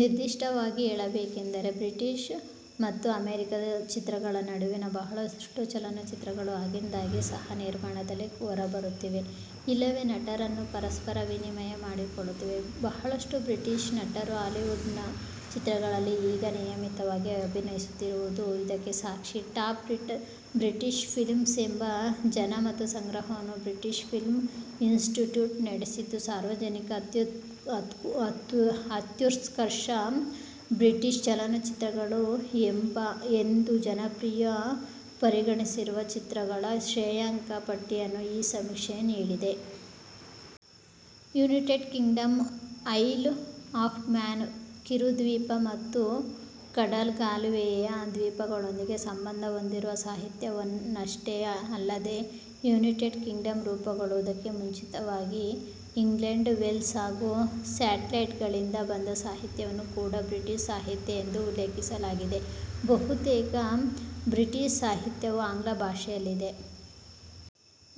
ನಿರ್ದಿಷ್ಟವಾಗಿ ಹೇಳಬೇಕೆಂದರೆ, ಬ್ರಿಟಿಷ್ ಮತ್ತು ಅಮೆರಿಕಾದ ಚಿತ್ರಗಳ ನಡುವಿನ ಬಹಳಷ್ಟು ಚಲನಚಿತ್ರಗಳು ಆಗಿಂದಾಗ್ಗೆ ಸಹ-ನಿರ್ಮಾಣದಲ್ಲಿ ಹೊರಬರುತ್ತಿವೆ ಇಲ್ಲವೇ ನಟರನ್ನು ಪರಸ್ಪರ ವಿನಿಮಯ ಮಾಡಿಕೊಳ್ಳುತ್ತಿವೆ. ಬಹಳಷ್ಟು ಬ್ರಿಟಿಷ್ ನಟರು ಹಾಲಿವುಡ್ ಚಿತ್ರಗಳಲ್ಲಿ ಈಗ ನಿಯಮಿತವಾಗಿ ಅಭಿನಯಿಸುತ್ತಿರುವುದು ಇದಕ್ಕೆ ಸಾಕ್ಷಿ. ಟಾಪ್ ಬ್ರಿಟಿಷ್ ಫಿಲ್ಮ್ಸ್ ಎಂಬ ಜನಮತ ಸಂಗ್ರಹವನ್ನು ಬ್ರಿಟಿಷ್ ಫಿಲ್ಮ್ ಇನ್ಸ್ಟಿಟ್ಯೂಟ್ ನಡೆಸಿದ್ದು, ಸಾರ್ವಕಾಲಿಕ ಅತ್ಯುತ್ಕೃಷ್ಟ ಬ್ರಿಟಿಷ್ ಚಲನಚಿತ್ರಗಳು ಎಂದು ಜನತೆಯು ಪರಿಗಣಿಸಿರುವ ಚಿತ್ರಗಳ ಶ್ರೇಯಾಂಕ ಪಟ್ಟಿಯನ್ನು ಈ ಸಮೀಕ್ಷೆಯು ನೀಡಿದೆ. United Kingdom, Isle of Man ಕಿರುದ್ವೀಪ ಮತ್ತು ಕಡಲ್ಗಾಲುವೆಯ ದ್ವೀಪಗಳೊಂದಿಗೆ ಸಂಬಂಧಹೊಂದಿರುವ ಸಾಹಿತ್ಯ ವನ್ನಷ್ಟೇ ಅಲ್ಲದೇ, ಯುನೈಟೆಡ್ ಕಿಂಗ್ಡಂ ರೂಪುಗೊಳ್ಳುವುದಕ್ಕೆ ಮುಂಚಿತವಾಗಿ ಇಂಗ್ಲೆಂಡ್, ವೇಲ್ಸ್ ಹಾಗೂ ಸ್ಕಾಟ್ಲೆಂಡ್ಗಳಿಂದ ಬಂದ ಸಾಹಿತ್ಯವನ್ನೂ ಕೂಡ ಬ್ರಿಟಿಷ್ ಸಾಹಿತ್ಯ ಎಂದು ಉಲ್ಲೇಖಿಸಲಾಗುತ್ತದೆ. ಬಹುತೇಕ ಬ್ರಿಟಿಷ್ ಸಾಹಿತ್ಯವು ಆಂಗ್ಲ ಭಾಷೆ ಯಲ್ಲಿದೆ.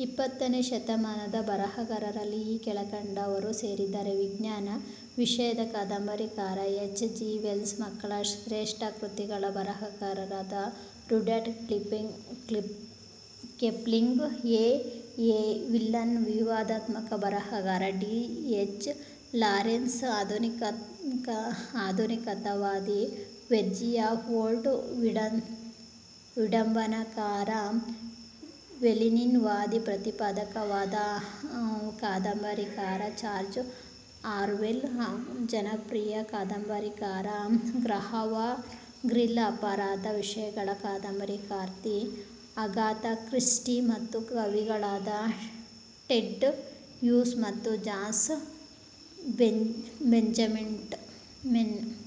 ಇಪ್ಪತ್ತನೇ ಶತಮಾನದ ಬರಹಗಾರರಲ್ಲಿ ಈ ಕೆಳಕಂಡವರು ಸೇರಿದ್ದಾರೆ: ವಿಜ್ಞಾನ ವಿಷಯದ ಕಾದಂಬರಿಕಾರ ಎಚ್. ಜಿ. ವೇಲ್ಸ್, ಮಕ್ಕಳ ಶ್ರೇಷ್ಠ ಕೃತಿಗಳ ಬರಹಗಾರರಾದ Rudyard Kipling, A. A. Milne, ವಿವಾದಾತ್ಮಕ ಬರಹಗಾರ ಡಿ. ಎಚ್. ಲಾರೆನ್ಸ್, ಆಧುನಿಕತಾವಾದಿ ವರ್ಜೀನಿಯಾ ವೂಲ್ಫ್, ವಿಡಂಬನಕಾರ ಎವೆಲಿನ್ ವಾ, ಪ್ರತಿಪಾದಕವಾದಿ ಕಾದಂಬರಿಕಾರ ಜಾರ್ಜ್ ಆರ್ವೆಲ್, ಜನಪ್ರಿಯ ಕಾದಂಬರಿಕಾರ ಗ್ರಹಾಂ ಗ್ರೀನ್, ಅಪರಾಧ ವಿಷಯಗಳ ಕಾದಂಬರಿಕಾರ್ತಿ ಅಗಾಥಾ ಕ್ರಿಸ್ಟಿ, ಮತ್ತು ಕವಿಗಳಾದ ಟೆಡ್ ಹ್ಯೂಸ್ ಹಾಗೂ ಜಾನ್ ಬೆಟ್ಜ್ಮನ್.